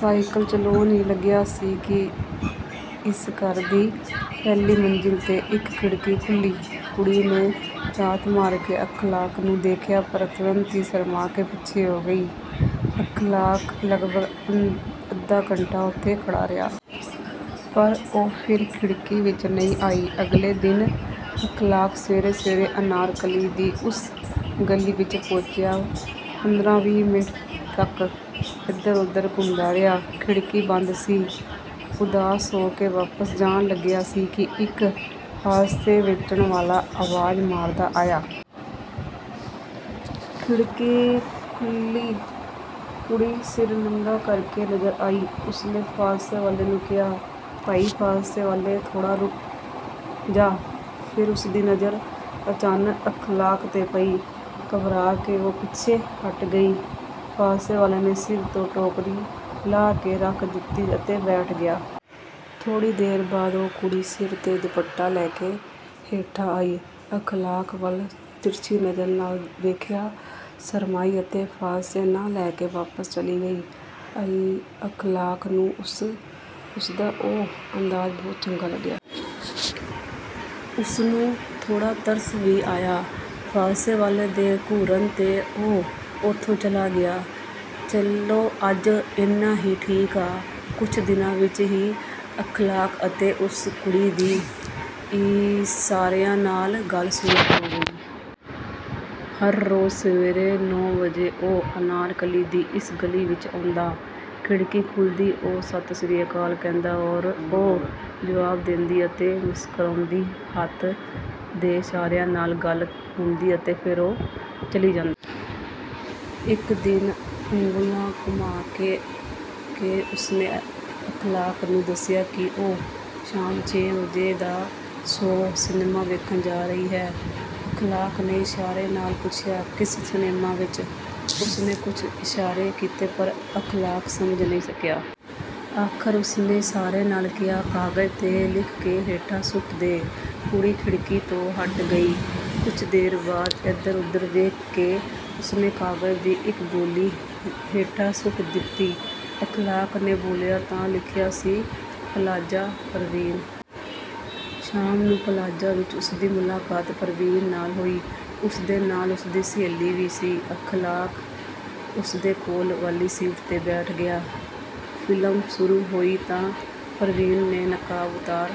Cycle ਚਲਾਉਣ ਹੀ ਲੱਗਾ ਸੀ ਕਿ ਇਸ ਘਰ ਦੀ ਪਹਿਲੀ ਮੰਜ਼ਿਲ ਤੇ ਇੱਕ ਖਿੜਕੀ ਖੁੱਲ੍ਹੀ। ਕੁੜੀ ਨੇ ਝਾਤ ਮਾਰ ਕੇ ਅਖ਼ਲਾਕ ਨੂੰ ਵੇਖਿਆ। ਪਰ ਤੁਰੰਤ ਹੀ ਸ਼ਰਮਾ ਕੇ ਪਿੱਛੇ ਹੋ ਗਈ। ਅਖ਼ਲਾਕ ਲਗਭਗ ਅੱਧਾ ਘੰਟਾ ਉੱਥੇ ਖੜ੍ਹਾ ਰਿਹਾ। ਪਰ ਉਹ ਫਿਰ ਖਿੜਕੀ ਵਿੱਚ ਨਹੀਂ ਆਈ। ਅਗਲੇ ਦਿਨ ਅਖ਼ਲਾਕ ਸਵੇਰੇ-ਸਵੇਰੇ ਅਨਾਰਕਲੀ ਦੀ ਉਸ ਗਲੀ ਵਿੱਚ ਪਹੁੰਚਿਆ। ਪੰਦਰਾਂ-ਵੀਹ ਮਿੰਟ ਤੱਕ ਇੱਧਰ-ਉੱਧਰ ਘੁੰਮਦਾ ਰਿਹਾ। ਖਿੜਕੀ ਬੰਦ ਸੀ। ਉਦਾਸ ਹੋ ਕੇ ਵਾਪਸ ਜਾਣ ਲੱਗਾ ਸੀ ਕਿ ਇੱਕ ਫ਼ਾਲਸੇ ਵੇਚਣ ਵਾਲਾ ਆਵਾਜ਼ ਮਾਰਦਾ ਆਇਆ। ਖਿੜਕੀ ਖੁੱਲ੍ਹੀ, ਕੁੜੀ ਸਿਰ ਨੰਗਾ ਕਰਕੇ ਨਜ਼ਰ ਆਈ। ਉਸਨੇ ਫ਼ਾਲਸੇ ਵਾਲੇ ਨੂੰ ਕਿਹਾ "ਭਾਈ ਫ਼ਾਲਸੇ ਵਾਲੇ, ਥੋੜ੍ਹਾ ਰੁਕ ਜਾ।" ਫਿਰ ਉਸਦੀ ਨਜ਼ਰ ਅਚਾਨਕ ਅਖ਼ਲਾਕ ਤੇ ਪਈ। ਘਬਰਾ ਕੇ ਉਹ ਪਿੱਛੇ ਹਟ ਗਈ। ਫ਼ਾਲਸੇ ਵਾਲੇ ਨੇ ਸਿਰ ਤੋਂ ਟੋਕਰੀ ਲਾਹ ਕੇ ਰੱਖ ਦਿੱਤੀ ਅਤੇ ਬੈਠ ਗਿਆ। ਥੋੜ੍ਹੀ ਦੇਰ ਬਾਅਦ ਉਹ ਕੁੜੀ ਸਿਰ ਤੇ ਦੁਪੱਟਾ ਲੈ ਕੇ ਹੇਠਾਂ ਆਈ। ਅਖ਼ਲਾਕ ਵੱਲ ਤਿਰਛੀ ਨਜ਼ਰ ਨਾਲ ਵੇਖਿਆ। ਸ਼ਰਮਾਈ ਅਤੇ ਫ਼ਾਲਸੇ ਨਾ ਲੈ ਕੇ ਵਾਪਸ ਚਲੀ ਗਈ। ਅਖ਼ਲਾਕ ਨੂੰ ਉਸਦਾ ਇਹ ਅੰਦਾਜ਼ ਬਹੁਤ ਚੰਗਾ ਲੱਗਿਆ। ਉਸਨੂੰ ਥੋੜ੍ਹਾ ਤਰਸ ਵੀ ਆਇਆ। ਫ਼ਾਲਸੇ ਵਾਲੇ ਦੇ ਘੂਰਨ ਤੇ ਉਹ ਉੱਥੋਂ ਚਲਾ ਗਿਆ। "ਚਲੋ ਅੱਜ ਇੰਨਾ ਹੀ ਠੀਕ ਆ।" ਕੁਝ ਦਿਨਾਂ ਵਿੱਚ ਹੀ ਅਖ਼ਲਾਕ ਅਤੇ ਉਸ ਕੁੜੀ ਦੀ ਇਸ਼ਾਰਿਆਂ ਨਾਲ ਗੱਲ ਸ਼ੁਰੂ ਹੋ ਗਈ। ਹਰ ਰੋਜ਼ ਸਵੇਰੇ ਨੌਂ ਵਜੇ ਉਹ ਅਨਾਰਕਲੀ ਦੀ ਇਸ ਗਲੀ ਵਿੱਚ ਆਉਂਦਾ। ਖਿੜਕੀ ਖੁੱਲ੍ਹਦੀ, ਉਹ ਸਤਿ ਸ੍ਰੀ ਅਕਾਲ ਕਰਦਾ, ਉਹ ਜਵਾਬ ਦਿੰਦੀ ਅਤੇ ਮੁਸਕਰਾਉਂਦੀ। ਹੱਥਾਂ ਦੇ ਇਸ਼ਾਰਿਆਂ ਨਾਲ ਗੱਲ ਹੁੰਦੀ ਅਤੇ ਫਿਰ ਉਹ ਚਲੀ ਜਾਂਦੀ। ਇੱਕ ਦਿਨ ਉਂਗਲਾਂ ਘੁਮਾ ਕੇ ਉਸਨੇ ਅਖ਼ਲਾਕ ਨੂੰ ਦੱਸਿਆ ਕਿ ਉਹ ਸ਼ਾਮ ਛੇ ਵਜੇ ਦਾ ਸ਼ੋਅ ਸਿਨੇਮਾ ਵੇਖਣ ਜਾ ਰਹੀ ਹੈ। ਅਖ਼ਲਾਕ ਨੇ ਇਸ਼ਾਰੇ ਨਾਲ ਪੁੱਛਿਆ "ਕਿਸ ਸਿਨੇਮਾ ਵਿੱਚ?" ਉਸਨੇ ਕੁਝ ਇਸ਼ਾਰੇ ਕੀਤੇ ਪਰ ਅਖ਼ਲਾਕ ਸਮਝ ਨਾ ਸਕਿਆ। ਆਖ਼ਰ ਉਸਨੇ ਇਸ਼ਾਰੇ ਨਾਲ ਕਿਹਾ, "ਕਾਗਜ਼ ਤੇ ਲਿਖ ਕੇ ਹੇਠਾਂ ਸੁੱਟ ਦੇ।" ਕੁੜੀ ਖਿੜਕੀ ਤੋਂ ਹਟ ਗਈ। ਕੁਝ ਦੇਰ ਬਾਅਦ ਇੱਧਰ-ਉੱਧਰ ਵੇਖ ਕੇ ਉਸਨੇ ਕਾਗਜ਼ ਦੀ ਇੱਕ ਗੋਲੀ ਹੇਠਾਂ ਸੁੱਟ ਦਿੱਤੀ। ਅਖ਼ਲਾਕ ਨੇ ਖੋਲ੍ਹਿਆ ਤਾਂ ਲਿਖਿਆ ਸੀ "ਪਲਾਜ਼ਾ ਪਰਵੀਨ।" ਸ਼ਾਮ ਨੂੰ ਪਲਾਜ਼ਾ ਵਿੱਚ ਉਸਦੀ ਮੁਲਾਕਾਤ ਪਰਵੀਨ ਨਾਲ ਹੋਈ। ਉਸਦੇ ਨਾਲ ਉਸਦੀ ਸਹੇਲੀ ਵੀ ਸੀ। ਅਖ਼ਲਾਕ ਉਸਦੇ ਕੋਲ ਵਾਲੀ ਸੀਟ ਤੇ ਬੈਠ ਗਿਆ। ਫ਼ਿਲਮ ਸ਼ੁਰੂ ਹੋਈ ਤਾਂ ਪਰਵੀਨ ਨੇ ਨਕਾਬ ਉਤਾਰ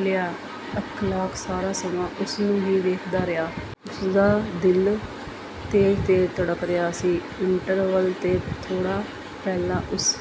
ਲਿਆ। ਅਖ਼ਲਾਕ ਸਾਰਾ ਸਮਾਂ ਉਸਨੂੰ ਹੀ ਵੇਖਦਾ ਰਿਹਾ। ਉਸਦਾ ਦਿਲ ਤੇਜ਼-ਤੇਜ਼ ਧੜਕ ਰਿਹਾ ਸੀ। ਇੰਟਰਵਲ ਤੋਂ ਥੋੜ੍ਹਾ ਪਹਿਲਾਂ ਉਸ